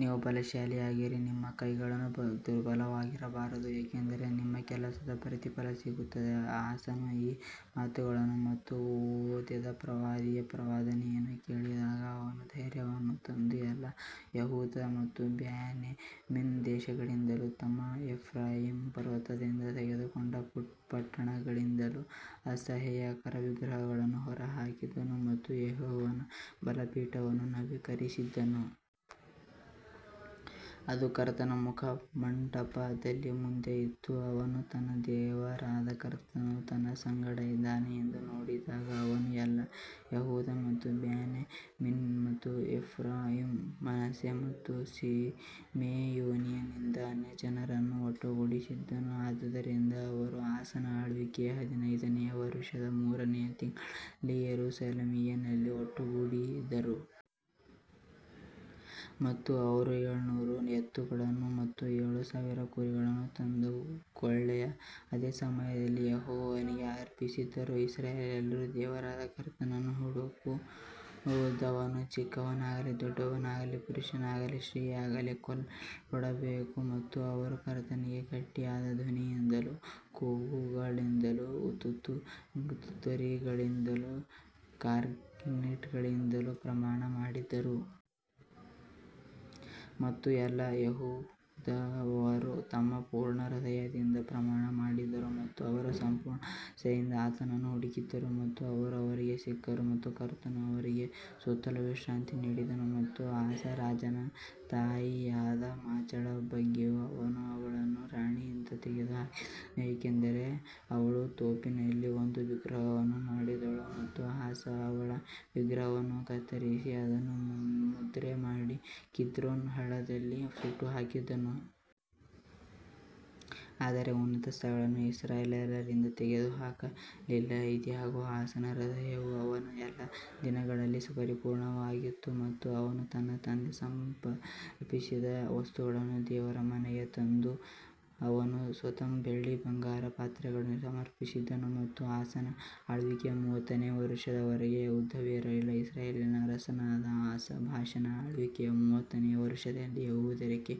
ನೀವು ಬಲಶಾಲಿಯಾಗಿರಿ ಮತ್ತು ನಿಮ್ಮ ಕೈಗಳು ದುರ್ಬಲವಾಗಿರಬಾರದು ಏಕೆಂದರೆ ನಿಮ್ಮ ಕೆಲಸಕ್ಕೆ ಪ್ರತಿಫಲ ಸಿಗುತ್ತದೆ ಆಸನು ಈ ಮಾತುಗಳನ್ನು ಮತ್ತು ಓದೆದ ಪ್ರವಾದಿಯ ಪ್ರವಾದನೆಯನ್ನು ಕೇಳಿದಾಗ ಅವನು ಧೈರ್ಯವನ್ನು ತಂದು ಎಲ್ಲಾ ಯೆಹೂದ ಮತ್ತು ಬೆನ್ಯಾಮೀನ್ ದೇಶಗಳಿಂದಲೂ ಮತ್ತು ಎಫ್ರಾಯೀಮ್ ಪರ್ವತದಿಂದ ತೆಗೆದುಕೊಂಡ ಪಟ್ಟಣಗಳಿಂದಲೂ ಅಸಹ್ಯಕರ ವಿಗ್ರಹಗಳನ್ನು ಹೊರಹಾಕಿದನು ಮತ್ತು ಯೆಹೋವನ ಬಲಿಪೀಠವನ್ನು ನವೀಕರಿಸಿದನು. ಅದು ಕರ್ತನ ಮುಖಮಂಟಪದ ಮುಂದೆ ಇತ್ತು ಅವನು ತನ್ನ ದೇವರಾದ ಕರ್ತನು ತನ್ನ ಸಂಗಡ ಇದ್ದಾನೆ ಎಂದು ನೋಡಿದಾಗ ಅವನು ಎಲ್ಲಾ ಯೆಹೂದ ಮತ್ತು ಬೆನ್ಯಾಮೀನ್ ಮತ್ತು ಎಫ್ರಾಯೀಮ್, ಮನಸ್ಸೆ ಮತ್ತು ಸಿಮೆಯೋನಿನಿಂದ ಅನ್ಯಜನರನ್ನು ಒಟ್ಟುಗೂಡಿಸಿದನು. ಆದುದರಿಂದ ಅವರು ಆಸನ ಆಳ್ವಿಕೆಯ ಹದಿನೈದನೆಯ ವರುಷದ ಮೂರನೆಯ ತಿಂಗಳಿನಲ್ಲಿ ಯೆರೂಸಲೇಮಿನಲ್ಲಿ ಒಟ್ಟುಗೂಡಿದರು. ಮತ್ತು ಅವರು ಏಳುನೂರು ಎತ್ತುಗಳನ್ನು ಮತ್ತು ಏಳು ಸಾವಿರ ಕುರಿಗಳನ್ನು ತಂದ ಕೊಳ್ಳೆಯ ಅದೇ ಸಮಯದಲ್ಲಿ ಯೆಹೋವನಿಗೆ ಅರ್ಪಿಸಿದರು. ಇಸ್ರಾಯೇಲ್ಯರ ದೇವರಾದ ಕರ್ತನನ್ನು ಹುಡುಕದವನು ಚಿಕ್ಕವನಾಗಲಿ ದೊಡ್ಡವನಾಗಲಿ ಪುರುಷನಾಗಲಿ ಸ್ತ್ರೀಯಾಗಲಿ ಕೊಲ್ಲಲ್ಪಡಬೇಕು ಮತ್ತು ಅವರು ಕರ್ತನಿಗೆ ಗಟ್ಟಿಯಾದ ಧ್ವನಿಯಿಂದಲೂ ಕೂಗುಗಳಿಂದಲೂ ತುತ್ತೂರಿಗಳಿಂದಲೂ ಕಾರ್ನೆಟ್ಗಳಿಂದಲೂ ಪ್ರಮಾಣ ಮಾಡಿದರು. ಮತ್ತು ಎಲ್ಲಾ ಯೆಹೂದದವರು ತಮ್ಮ ಪೂರ್ಣ ಹೃದಯದಿಂದ ಪ್ರಮಾಣ ಮಾಡಿದರು ಮತ್ತು ಅವರ ಸಂಪೂರ್ಣ ಆಸೆಯಿಂದ ಆತನನ್ನು ಹುಡುಕಿದರು ಮತ್ತು ಅವರು ಅವರಿಗೆ ಸಿಕ್ಕರು ಮತ್ತು ಕರ್ತನು ಅವರಿಗೆ ಸುತ್ತಲೂ ವಿಶ್ರಾಂತಿ ನೀಡಿದನು. ಮತ್ತು ಆಸಾ ರಾಜನ ತಾಯಿಯಾದ ಮಾಚಳ ಬಗ್ಗೆಯೂ ಅವನು ಅವಳನ್ನು ರಾಣಿಯಿಂದ ತೆಗೆದುಹಾಕಿದನು, ಏಕೆಂದರೆ ಅವಳು ತೋಪಿನಲ್ಲಿ ಒಂದು ವಿಗ್ರಹವನ್ನು ಮಾಡಿದಳು ಮತ್ತು ಆಸಾ ಅವಳ ವಿಗ್ರಹವನ್ನು ಕತ್ತರಿಸಿ ಅದನ್ನು ಮುದ್ರೆ ಮಾಡಿ ಕಿದ್ರೋನ್ ಹಳ್ಳದಲ್ಲಿ ಸುಟ್ಟುಹಾಕಿದನು. ಆದರೆ ಉನ್ನತ ಸ್ಥಳಗಳನ್ನು ಇಸ್ರಾಯೇಲ್ಯರಿಂದ ತೆಗೆದುಹಾಕಲಾಗಲಿಲ್ಲ, ಆದಾಗ್ಯೂ ಆಸನ ಹೃದಯವು ಅವನ ಎಲ್ಲಾ ದಿನಗಳಲ್ಲಿ ಪರಿಪೂರ್ಣವಾಗಿತ್ತು ಮತ್ತು ಅವನು ತನ್ನ ತಂದೆ ಸಮರ್ಪಿಸಿದ ವಸ್ತುಗಳನ್ನು ದೇವರ ಮನೆಗೆ ತಂದನು ಮತ್ತು ಅವನು ಸ್ವತಃ ಬೆಳ್ಳಿ, ಬಂಗಾರ ಮತ್ತು ಪಾತ್ರೆಗಳನ್ನು ಸಮರ್ಪಿಸಿದನು. ಮತ್ತು ಆಸನ ಆಳ್ವಿಕೆಯ ಮೂವತ್ತನೇ ವರುಷದ ವರೆಗೆ ಯುದ್ಧವೇ ಇರಲಿಲ್ಲ ಇಸ್ರಾಯೇಲಿನ ಅರಸನಾದ ಆಸಾ ಬಾಷನ ಆಳ್ವಿಕೆಯ ಮೂವತ್ತನೇ ವರುಷದಲ್ಲಿ ಯೆಹೂದಕ್ಕೆ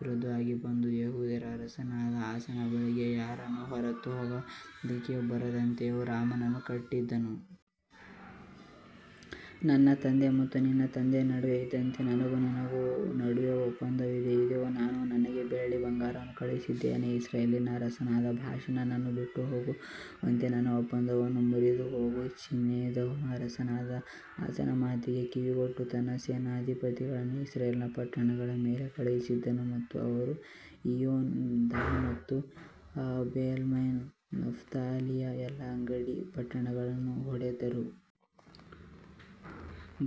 ವಿರೋಧವಾಗಿ ಬಂದು ಯೆಹೂದದ ಅರಸನಾದ ಆಸನ ಬಳಿಗೆ ಯಾರನ್ನೂ ಹೊರಗೆ ಹೋಗದಂತೆಯೂ ಬರದಂತೆಯೂ ರಾಮವನ್ನು ಕಟ್ಟಿಸಿದನು. ನನ್ನ ತಂದೆ ಮತ್ತು ನಿನ್ನ ತಂದೆಯ ನಡುವೆ ಇದ್ದಂತೆ ನನಗೂ ನಿನಗೂ ನಡುವೆ ಒಪ್ಪಂದವಿದೆ ಇಗೋ ನಾನು ನಿನಗೆ ಬೆಳ್ಳಿ ಬಂಗಾರವನ್ನು ಕಳುಹಿಸಿದ್ದೇನೆ ಇಸ್ರಾಯೇಲಿನ ಅರಸನಾದ ಬಾಷಾ ನನ್ನನ್ನು ಬಿಟ್ಟು ಹೋಗುವಂತೆ ನಿನ್ನ ಒಪ್ಪಂದವನ್ನು ಮುರಿದು ಹೋಗು. ಬೆನ್ಹದದನು ಅರಸನಾದ ಆಸನ ಮಾತಿಗೆ ಕಿವಿಗೊಟ್ಟು ತನ್ನ ಸೇನಾಧಿಪತಿಗಳನ್ನು ಇಸ್ರಾಯೇಲ್ ಪಟ್ಟಣಗಳ ಮೇಲೆ ಕಳುಹಿಸಿದನು ಮತ್ತು ಅವರು ಈಯೋನ್, ದಾನ್ ಮತ್ತು ಅಬೆಲ್ಮೈಮ್ ಮತ್ತು ನಫ್ತಾಲಿಯ ಎಲ್ಲಾ ಅಂಗಡಿ ಪಟ್ಟಣಗಳನ್ನು ಹೊಡೆದರು.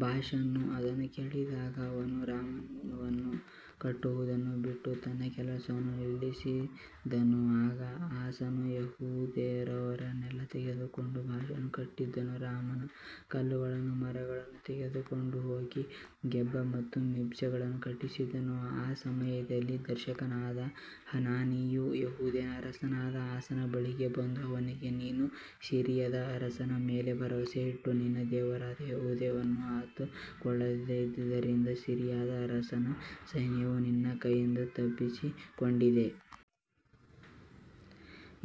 ಬಾಷನು ಅದನ್ನು ಕೇಳಿದಾಗ ಅವನು ರಾಮವನ್ನು ಕಟ್ಟುವುದನ್ನು ಬಿಟ್ಟು ತನ್ನ ಕೆಲಸವನ್ನು ನಿಲ್ಲಿಸಿದನು ಆಗ ಆಸನು ಯೆಹೂದದವರನ್ನೆಲ್ಲಾ ತೆಗೆದುಕೊಂಡು ಬಾಷನು ಕಟ್ಟುತ್ತಿದ್ದ ರಾಮನ ಕಲ್ಲುಗಳನ್ನೂ ಮರಗಳನ್ನೂ ತೆಗೆದುಕೊಂಡು ಹೋಗಿ ಗೇಬ ಮತ್ತು ಮಿಜ್ಪಗಳನ್ನು ಕಟ್ಟಿಸಿದನು. ಆ ಸಮಯದಲ್ಲಿ ದರ್ಶಕನಾದ ಹನಾನಿಯು ಯೆಹೂದದ ಅರಸನಾದ ಆಸನ ಬಳಿಗೆ ಬಂದು ಅವನಿಗೆ ನೀನು ಸಿರಿಯದ ಅರಸನ ಮೇಲೆ ಭರವಸೆಯಿಟ್ಟು ನಿನ್ನ ದೇವರಾದ ಯೆಹೋವನನ್ನು ಆತುಕೊಳ್ಳದೆ ಇದ್ದದರಿಂದ ಸಿರಿಯಾದ ಅರಸನ ಸೈನ್ಯವು ನಿನ್ನ ಕೈಯಿಂದ ತಪ್ಪಿಸಿಕೊಂಡಿದೆ.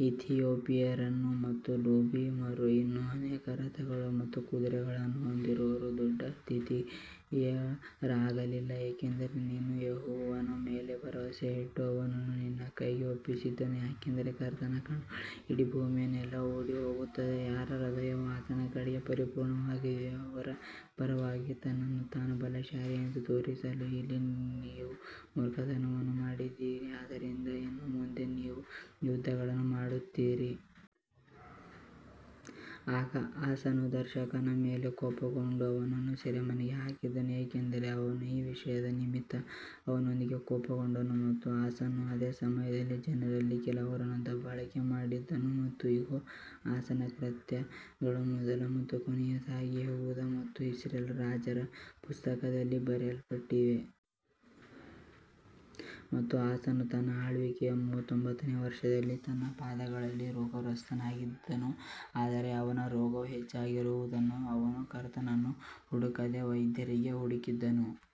ಇಥಿಯೋಪಿಯನರು ಮತ್ತು ಲುಬಿಮರು ಇನ್ನೂ ಅನೇಕ ರಥಗಳು ಮತ್ತು ಕುದುರೆಗಳನ್ನು ಹೊಂದಿರುವ ದೊಡ್ಡ ಆತಿಥೇಯರಾಗಿರಲಿಲ್ಲ, ಏಕೆಂದರೆ ನೀನು ಯೆಹೋವನ ಮೇಲೆ ಭರವಸೆಯಿಟ್ಟು ಅವರನ್ನು ನಿನ್ನ ಕೈಗೆ ಒಪ್ಪಿಸಿದನು. ಯಾಕಂದರೆ ಕರ್ತನ ಕಣ್ಣುಗಳು ಇಡೀ ಭೂಮಿಯಲ್ಲೆಲ್ಲಾ ಓಡಿಹೋಗುತ್ತವೆ, ಯಾರ ಹೃದಯವು ಆತನ ಕಡೆಗೆ ಪರಿಪೂರ್ಣವಾಗಿದೆಯೋ ಅವರ ಪರವಾಗಿ ತನ್ನನ್ನು ತಾನು ಬಲಶಾಲಿ ಎಂದು ತೋರಿಸಲು ಇಲ್ಲಿ ನೀವು ಮೂರ್ಖತನವನ್ನು ಮಾಡಿದ್ದೀರಿ ಆದ್ದರಿಂದ ಇನ್ನು ಮುಂದೆ ನೀವು ಯುದ್ಧಗಳನ್ನು ಮಾಡುತ್ತೀರಿ. ಆಗ ಆಸನು ದರ್ಶಕನ ಮೇಲೆ ಕೋಪಗೊಂಡು ಅವನನ್ನು ಸೆರೆಮನೆಗೆ ಹಾಕಿದನು, ಏಕೆಂದರೆ ಅವನು ಈ ವಿಷಯದ ನಿಮಿತ್ತ ಅವನೊಂದಿಗೆ ಕೋಪಗೊಂಡನು ಮತ್ತು ಆಸನು ಅದೇ ಸಮಯದಲ್ಲಿ ಜನರಲ್ಲಿ ಕೆಲವರನ್ನು ದಬ್ಬಾಳಿಕೆ ಮಾಡಿದನು. ಮತ್ತು ಇಗೋ, ಆಸನ ಕೃತ್ಯಗಳು ಮೊದಲ ಮತ್ತು ಕೊನೆಯದಾಗಿ ಯೆಹೂದ ಮತ್ತು ಇಸ್ರೇಲ್ ರಾಜರ ಪುಸ್ತಕದಲ್ಲಿ ಬರೆಯಲ್ಪಟ್ಟಿವೆ. ಮತ್ತು ಆಸನು ತನ್ನ ಆಳ್ವಿಕೆಯ ಮೂವತ್ತೊಂಬತ್ತನೇ ವರ್ಷದಲ್ಲಿ ತನ್ನ ಪಾದಗಳಲ್ಲಿ ರೋಗಗ್ರಸ್ತನಾಗಿದ್ದನು, ಆದರೆ ಅವನ ರೋಗವು ಹೆಚ್ಚಾಗುವವರೆಗೂ ಅವನು ಕರ್ತನನ್ನು ಹುಡುಕದೆ ವೈದ್ಯರಿಗೆ ಹುಡುಕಿದನು.